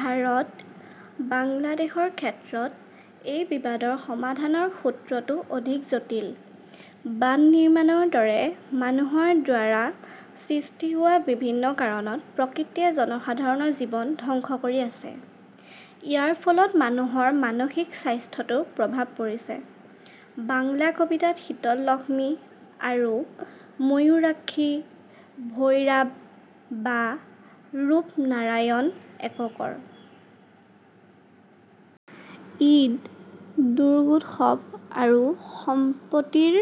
ভাৰত, বাংলাদেশৰ ক্ষেত্ৰত এই বিবাদৰ সমাধানৰ সূত্ৰটো অধিক জটিল। বান্ধ নিৰ্মাণৰ দৰে মানুহৰ দ্বাৰা সৃষ্টি হোৱা বিভিন্ন কাৰণত প্ৰকৃতিয়ে জনসাধাৰণৰ জীৱন ধ্বংস কৰি আছে। ইয়াৰ ফলত মানুহৰ মানসিক স্বাস্থ্যতো প্ৰভাৱ পৰিছে। "বাংলা কবিতাত শীতললক্ষ্মী আৰু ময়ূৰাক্ষী, ভৈৰাব বা ৰূপনাৰায়ণ এককৰ। ঈদ, দুৰগোৎসব আৰু সম্পৰ্তীৰ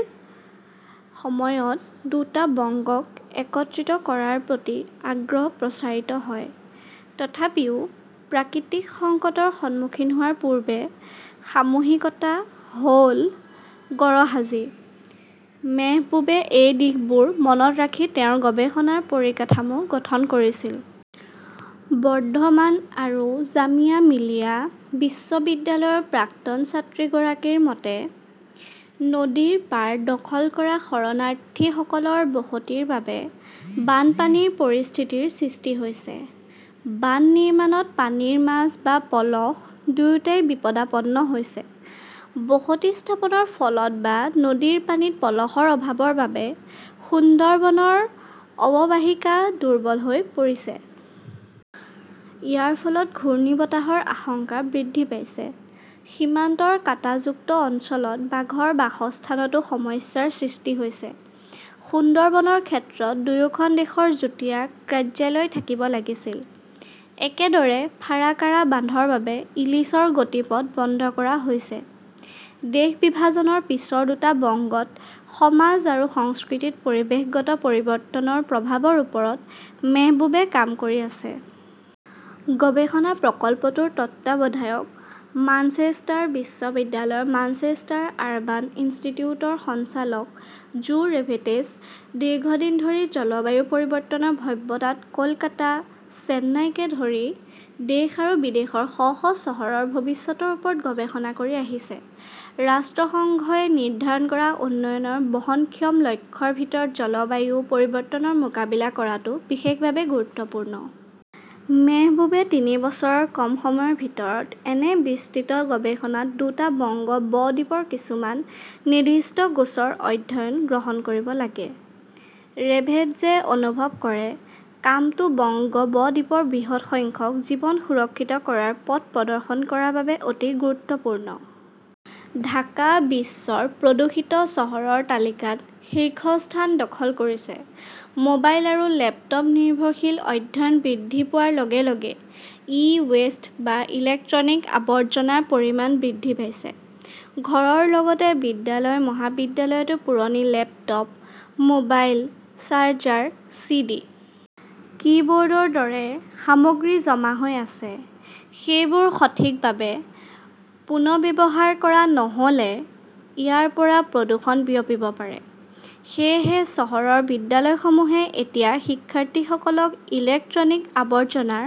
সময়ত দুটা বংগক একত্ৰিত কৰাৰ প্ৰতি আগ্ৰহ প্ৰচাৰিত হয়। তথাপিও, প্ৰাকৃতিক সংকটৰ সন্মুখীন হোৱাৰ পূৰ্বে সামূহিকতা হ "ল গৰহাজী। মেহবুবে এই দিশবোৰ মনত ৰাখি তেওঁৰ গৱেষণাৰ পৰিকাঠামো গঠন কৰিছিল। বৰ্ধমান আৰু জামিয়া মিলিয়া বিশ্ববিদ্যালয়ৰ প্ৰাক্তন ছাত্ৰীগৰাকীৰ মতে, "নদীৰ পাৰ দখল কৰা শৰণাৰ্থীসকলৰ বসতিৰ বাবে বানপানীৰ পৰিস্থিতিৰ সৃষ্টি হৈছে। বান্ধ নিৰ্মাণত পানীৰ মাছ বা পলস দুয়োটাই বিপদাপন্ন হৈছে। বসতি স্থাপনৰ ফলত বা নদীৰ পানীত পলসৰ অভাৱৰ বাবে সুন্দৰবনৰ অৱবাহিকা দুৰ্বল হৈ পৰিছে। ইয়াৰ ফলত ঘূৰ্ণীবতাহৰ আশংকা বৃদ্ধি পাইছে। সীমান্তৰ কাঁটাযুক্ত অঞ্চলত বাঘৰ বাসস্থানতো সমস্যাৰ সৃষ্টি হৈছে। সুন্দৰবনৰ ক্ষেত্ৰত দুয়োখন দেশৰ যুটীয়া কাৰ্যালয় থাকিব লাগিছিল। "একেদৰে ফাৰাকাৰা বান্ধৰ বাবে ইলিছৰ গতিপথ বন্ধ কৰা হৈছে। দেশ বিভাজনৰ পিছৰ দুটা বংগত সমাজ আৰু সংস্কৃতিত পৰিৱেশগত পৰিৱৰ্তনৰ প্ৰভাৱৰ ওপৰত মেহবুবে কাম কৰি আছে। গৱেষণা প্ৰকল্পটোৰ তত্ত্বাৱধায়ক মাঞ্চেষ্টাৰ বিশ্ববিদ্যালয়ৰ মাঞ্চেষ্টাৰ আৰবান ইনষ্টিটিউটৰ সঞ্চালক জো ৰেভেট্জে দীৰ্ঘদিন ধৰি জলবায়ু পৰিৱৰ্তনৰ ভব্যতাত কলকাতা, চেন্নাইকে ধৰি দেশ আৰু বিদেশৰ শ শ চহৰৰ ভৱিষ্যতৰ ওপৰত গৱেষণা কৰি আহিছে। ৰাষ্ট্ৰসংঘই নিৰ্ধাৰণ কৰা উন্নয়নৰ বহনক্ষম লক্ষ্যৰ ভিতৰত জলবায়ু পৰিৱৰ্তনৰ মোকাবিলা কৰাটো বিশেষভাৱে গুৰুত্বপূৰ্ণ। "মেহবুবে তিনি বছৰৰ কম সময়ৰ ভিতৰত এনে বিস্তৃত গৱেষণাত দুটা বংগ ব-দ্বীপৰ কিছুমান নিৰ্দিষ্ট গোচৰ-অধ্যয়ন গ্ৰহণ কৰিব লাগে", ৰেভেটজে অনুভৱ কৰে। কামটো বংগ ব-দ্বীপৰ বৃহৎ সংখ্যক জীৱন সুৰক্ষিত কৰাৰ পথ প্ৰদৰ্শন কৰাৰ বাবে অতি গুৰুত্বপূৰ্ণ। "। ঢাকা বিশ্বৰ প্ৰদূষিত চহৰৰ তালিকাত শীৰ্ষস্থান দখল কৰিছে মোবাইল আৰু লেপটপ-নিৰ্ভৰশীল অধ্যয়ন বৃদ্ধি পোৱাৰ লগে লগে ই-ৱেষ্ট বা ইলেক্ট্ৰনিক আৱৰ্জনাৰ পৰিমাণ বৃদ্ধি পাইছে। ঘৰৰ লগতে বিদ্যালয়-মহাবিদ্যালয়তো পুৰণি laptop, mobile, charger, C. D., কিবৰ্ডৰ দৰে সামগ্ৰী জমা হৈ আছে। সেইবোৰ সঠিকভাৱে পুনৰ্ব্যৱহাৰ কৰা নহ "লে ইয়াৰ পৰা প্ৰদূষণ বিয়পিব পাৰে। সেয়েহে চহৰৰ বিদ্যালয়সমূহে এতিয়া শিক্ষাৰ্থীসকলক ইলেক্ট্ৰনিক আৱৰ্জনাৰ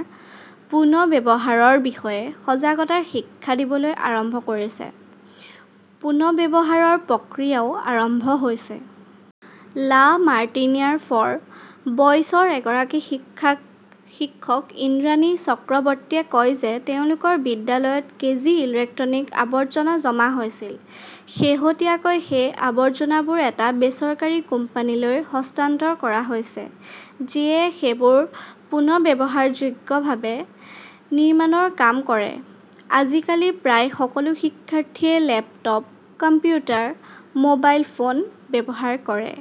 পুনৰ্ব্যৱহাৰৰ বিষয়ে সজাগতাৰ শিক্ষা দিবলৈ আৰম্ভ কৰিছে। পুনৰ্ব্যৱহাৰৰ প্ৰক্ৰিয়াও আৰম্ভ হৈছে। লা মাৰ্টিনিয়াৰ ফৰ বয়ছৰ এগৰাকী শিক্ষক ইন্দ্ৰাণী চক্ৰৱৰ্তীয়ে কয় যে তেওঁলোকৰ বিদ্যালয়ত কেজি ইলেক্ট্ৰনিক আৱৰ্জনা জমা হৈছিল। শেহতীয়াকৈ সেই আৱৰ্জনাবোৰ এটা বেচৰকাৰী কোম্পানীলৈ হস্তান্তৰ কৰা হৈছে যিয়ে সেইবোৰ পুনৰ্ব্যৱহাৰযোগ্যভাৱে নিৰ্মাণৰ কাম কৰে। "আজিকালি প্ৰায় সকলো শিক্ষাৰ্থীয়ে লেপটপ, কম্পিউটাৰ, মোবাইল ফোন ব্যৱহাৰ কৰে",